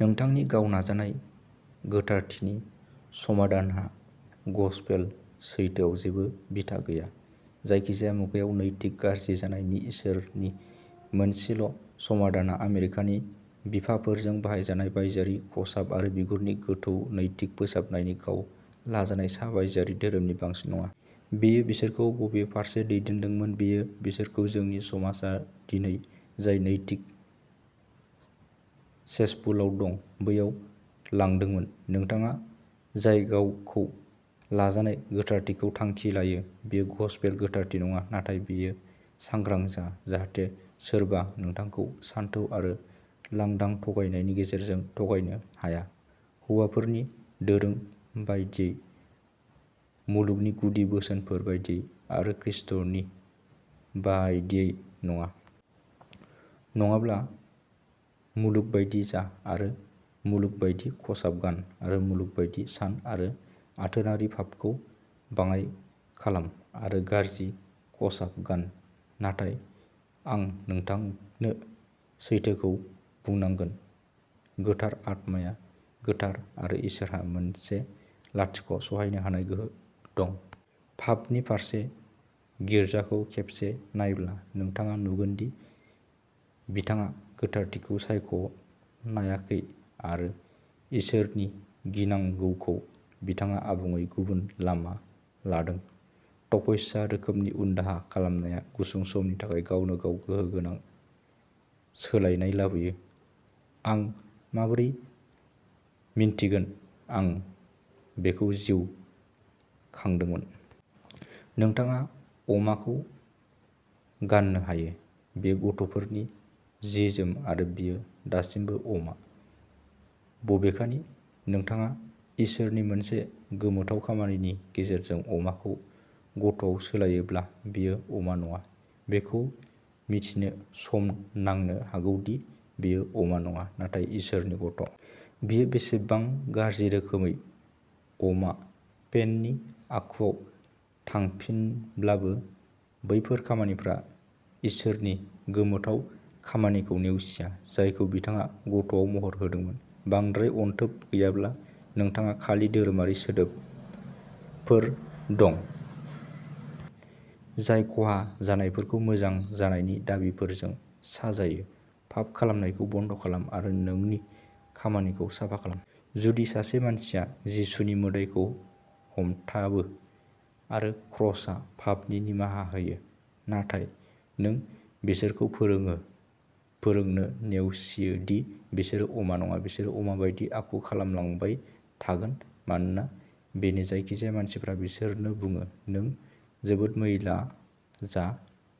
नोंथांनि गाव नाजानाय गोथारथिनि समाधानहा गसपेल सैथोआव जेबो बिथा गैया। जायखिजाया मुगायाव नैतिक गाज्रि जानायनि इसोरनि मोनसेल' समाधानआ आमेरिकानि बिफाफोरजों बाहायजानाय बायजोआरि खसाब आरो बिगुरनि गोथौ नैतिक फोसाबनायनि गाव लाजानाय सा बाहागोआरि धोरोमनि बांसिन नङा। बेयो बिसोरखौ बबे फारसे दैदेनदोंमोन बेयो बिसोरखौ जोंनि समाजआ दिनै जाय नैतिक सेसपुलआव दं, बैयाव लांदोंमोन। नोंथाङा जाय गावखौ लाजानाय गोथारथिखौ थांखि लायो, बेयो गसपेल गोथारथि नङा, नाथाय बेयो सांग्रां जा जाहाथे सोरबा नोंथांखौ सानथौ आरो लांदां थगायनायनि गेजेरजों थगायनो हाया, हौवाफोरनि दोरों बायदियै, मुलुगनि गुदि बोसोनफोर बायदियै आरो खृष्टनि बायदियै नङा। नङाब्ला मुलुग बायदि जा आरो मुलुग बायदि खसाब गान् आरो मुलुग बायदि सान आरो आथोनारि पापखौ बाङाइ खालाम आरो गाज्रि खसाब गान। नाथाय आं नोंथांनो सैथोखौ बुंनांगोन, गोथार आत्माया गोथार आरो इसोरहा मोनसे लाथिख' सहायनो हानाय गोहो दं। पापनि फारसे। गिर्जाखौ खेबसे नायब्ला नोंथाङा नुगोन दि बिथाङा गोथारथिखौ सायख'नायाखै आरो इसोरनि गिनांगौखौ बिथाङा आबुङै गुबुन लामा लादों। तपस्या रोखोमनि उनदाहा खालामनाया गुसुं समनि थाखाय गावनो गाव गोहो गोनां सोलायनाय लाबोयो। आं माबोरै मिन्थिगोन आं बेखौ जिउ खांदोंमोन। नोंथाङा अमाखौ गान्नो हायो, बेयो गथ'फोरनि जि-जोम आरो बेयो दासिमबो अमा। बबेखानि नोंथाङा इसोरनि मोनसे गोमोथाव खामानिनि गेजेरजों अमाखौ गथ'आव सोलायोब्ला बेयो अमा नङा। बेखौ मिथिनो सम नांनो हागौ दि बेयो अमा नङा, नाथाय इसोरनि गथ'। बेयो बेसेबां गाज्रि रोखोमै अमा पेननि आखुआव थांफिनोब्लाबो बैफोर खामानिफोरा इसोरनि गोमोथाव खामानिखौ नेवसिया, जायखौ बिथाङा गथ'आव महर होदोंमोन। बांद्राय अनथोब गैयाब्ला नोंथाङा खालि धोरोमारि सोदोबफोर दं, जाय खहा जानायफोरखौ मोजां जानायनि दाबिफोरजों साजायो, पाप खालामनायखौ बन्द खालाम आरो नोंनि खामानिखौ साफा खालाम। जुदि सासे मानसिया जिसुनि मोदाइखौ हमथाबो आरो क्रसआ पापनि निमाहा होयो, नाथाय नों बिसोरखौ फोरोंनो नेवसियो दि बिसोरो अमा नङा, बिसोरो अमा बायदि आखु खालामलांबाय थागोन मानोना बेनो जायखिजाया मानसिफ्रा बिसोरनो बुङो। नों जोबोद मैला जा,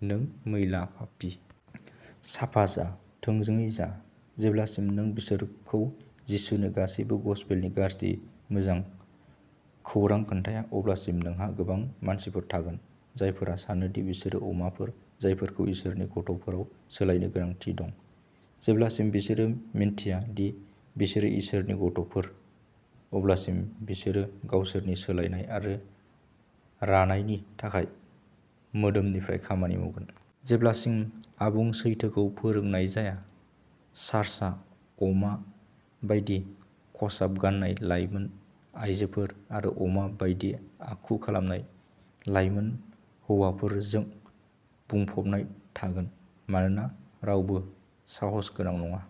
नों मैला पापी। साफा जा। थोंजोङै जा। जेब्लासिम नों बिसोरखौ जिसुनि गासिबो गसपेलनि गाज्रि मोजां खौरां खोन्थाया, अब्लासिम नोंहा गोबां मानसिफोर थागोन, जायफोरा सानो दि बिसोरो अमाफोर, जायफोरखौ इसोरनि गथ'फोराव सोलायनो गोनांथि दं। जेब्लासिम बिसोरो मिन्थिया दि बिसोरो इसोरनि गथ'फोर, अब्लासिम बिसोरो गावसोरनि सोलायनाय आरो रानायनि थाखाय मोदोमनिफ्राय खामानि मावगोन। जेब्लासिम आबुं सैथोखौ फोरोंनाय जाया, चार्चआ अमा बायदि खसाब गान्नाय लाइमोन आयजोफोर आरो अमा बायदि आखु खालामनाय लाइमोन हौवाफोरजों बुंफबनाय थागोन, मानोना रावबो साहसगोनां नङा।